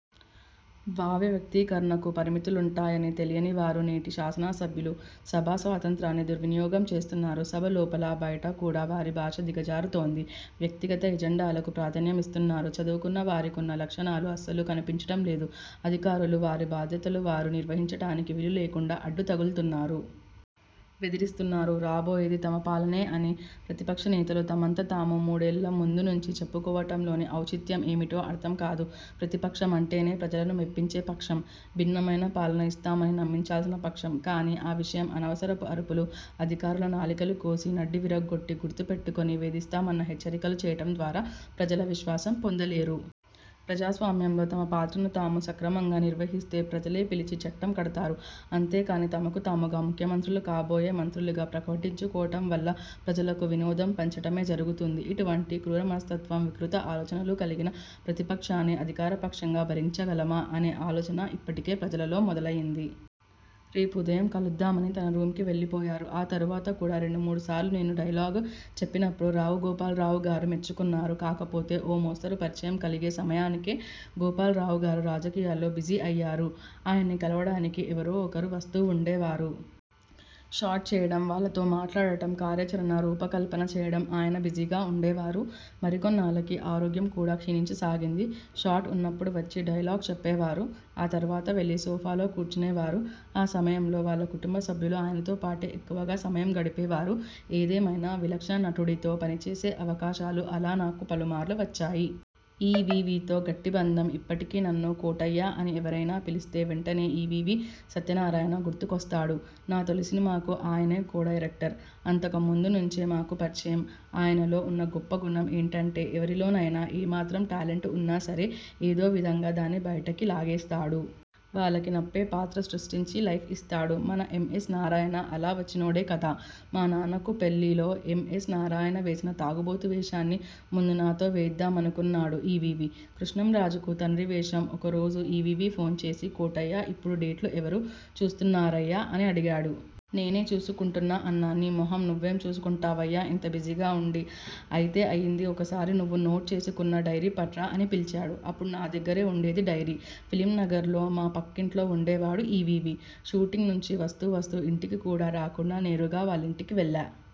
భావ వ్యక్తీకరణకు పరిమితులుంటాయని తెలియని వారు నేటి శాసన సభ్యులు. సభా స్వాతంత్ర్యాన్ని దుర్వినియోగం చేస్తున్నారు. సభ లోపల, బయట కూడా వారి భాష దిగజారుతోంది. వ్యక్తిగత ఎజెండాలకు ప్రాధాన్యమిస్తున్నారు. చదువుకున్న వారికున్న లక్షణాలు అస్సలు కనిపించటంలేదు. అధికారులు వారి బాధ్యతలు వారు నిర్వహించటానికి వీలు లేకుండా అడ్డు తగులుతున్నారు. బెదిరిస్తున్నారు. రాబోయేది తమ పాలనే అని ప్రతిపక్షనేతలు తమంత తాము మూడేళ్ల ముందునుంచి చెప్పుకోవటంలోని ఔచిత్యం ఏమిటో అర్థం కాదు. ప్రతి పక్షమంటేనే ప్రజలను మెప్పించే పక్షం. భిన్నమైన పాలన ఇస్తామని నమ్మించాల్సిన పక్షం. కానీ ఆ విషయం అనవసరపు అరుపులు, అధికారుల నాలుకలు కోసి, నడ్డి విరగ్గొట్టి, గుర్తుపెట్టుకుని వేధిస్తామన్న హెచ్చరికలు చేయటం ద్వారా ప్రజల విశ్వాసం పొందలేరు. ప్రజాస్వామ్యంలో తమ పాత్రను తాము సక్రమంగా నిర్వహిస్తే ప్రజలే పిలిచి పట్టం కడతారు. అంతేకానీ తమకు తాముగా ముఖ్యమంత్రులు, కాబోయే మంత్రులుగా ప్రకటించుకోవటం వల్ల ప్రజలకు వినోదం పంచటమే జరుగుతుంది. ఇటువంటి క్రూరమనస్తత్వం, వికృత ఆలోచనలు కలిగిన ప్రతిపక్షాన్ని అధికారపక్షంగా భరించగలమా! అనే ఆలోచన ఇప్పటికే ప్రజలలో మొదలైంది. రేపు ఉదయం కలుద్దాం' అని తన రూమ్కి వెళ్ళిపోయారు. ఆ తర్వాత కూడా రెండుమూడు సార్లు నేను డైలాగు చెప్పినప్పుడు రావుగోపాలరావుగారు మెచ్చుకున్నారు. కాకపోతే ఓ మోస్తరు పరిచయం కలిగే సమయానికే గోపాలరావుగారు రాజకీయాల్లో బిజీ అయ్యారు. ఆయన్ని కలవడానికి ఎవరో ఒకరు వస్తూ ఉండేవారు. షాట్ చేయడం, వాళ్లతో మాట్లాడటం, కార్యాచరణ రూపకల్పన చేయడంలో ఆయన బిజీగా ఉండేవారు. మరికొన్నాళ్లకి ఆరోగ్యం కూడా క్షీణించసాగింది. షాట్ ఉన్నప్పుడు వచ్చి డైలాగ్ చెప్పేవారు. ఆ తర్వాత వెళ్లి సోఫాలో కూర్చునేవారు. ఆ సమయంలో వాళ్ల కుటుంబసభ్యులు ఆయనతోపాటే ఎక్కువ సమయం గడిపేవారు. ఏదేమైనా విలక్షణ నటుడితో పనిచేసే అవకాశాలు అలా నాకు పలుమార్లు వచ్చాయి. ఈవీవీతో గట్టి బంధం ఇప్పటికీ నన్ను 'కోటయ్యా' అని ఎవరైనా పిలిస్తే వెంటనే ఈవీవీ సత్యనారాయణ గుర్తుకొస్తాడు. నా తొలి సినిమాకు ఆయనే కో-డైరెక్టర్. అంతకుముందునుంచే మాకు పరిచయం. ఆయనలో ఉన్న గొప్పగుణం ఏంటంటే, ఎవరిలోనైనా ఏమాత్రం టాలెంట్ ఉన్నా సరే ఏదో విధంగా దాన్ని బైటికి లాగేస్తాడు. వాళ్లకునప్పే పాత్ర సృష్టించి లైఫ్ ఇస్తాడు. మన ఎం. ఎస్. నారాయణ అలా వచ్చినోడే కదా. 'మా నాన్నకు పెళ్ళి'లో ఎం. ఎస్. నారాయణ వేసిన తాగుబోతు వేషాన్ని ముందు నాతో వేయిద్దామనుకున్నాడు ఈవీవీ. కృష్ణంరాజుకు తండ్రి వేషం ఒకరోజు ఈవీవీ ఫోన్ చేసి 'కోటయ్యా ఇప్పుడు డేట్లు ఎవరు చూస్తున్నారయ్యా' అని అడిగాడు. 'నేనే చూసుకుంటున్నా' అన్నా. 'నీ మొహం నువ్వేం చూసుకుంటావయ్యా ఇంత బిజీగా ఉండి. అయితే అయింది ఒకసారి నువ్వు నోట్ చేసుకున్న డైరీ పట్రా' అని పిలిచాడు. అప్పుడు నా దగ్గరే ఉండేది డైరీ. ఫిల్మ్నగర్లో మా పక్కింట్లోనే ఉండేవాడు ఈవీవీ. షూటింగ్ నుంచి వస్తూ వస్తూ ఇంటికి కూడా రాకుండా, నేరుగా వాళ్లింటికి వెళ్లా.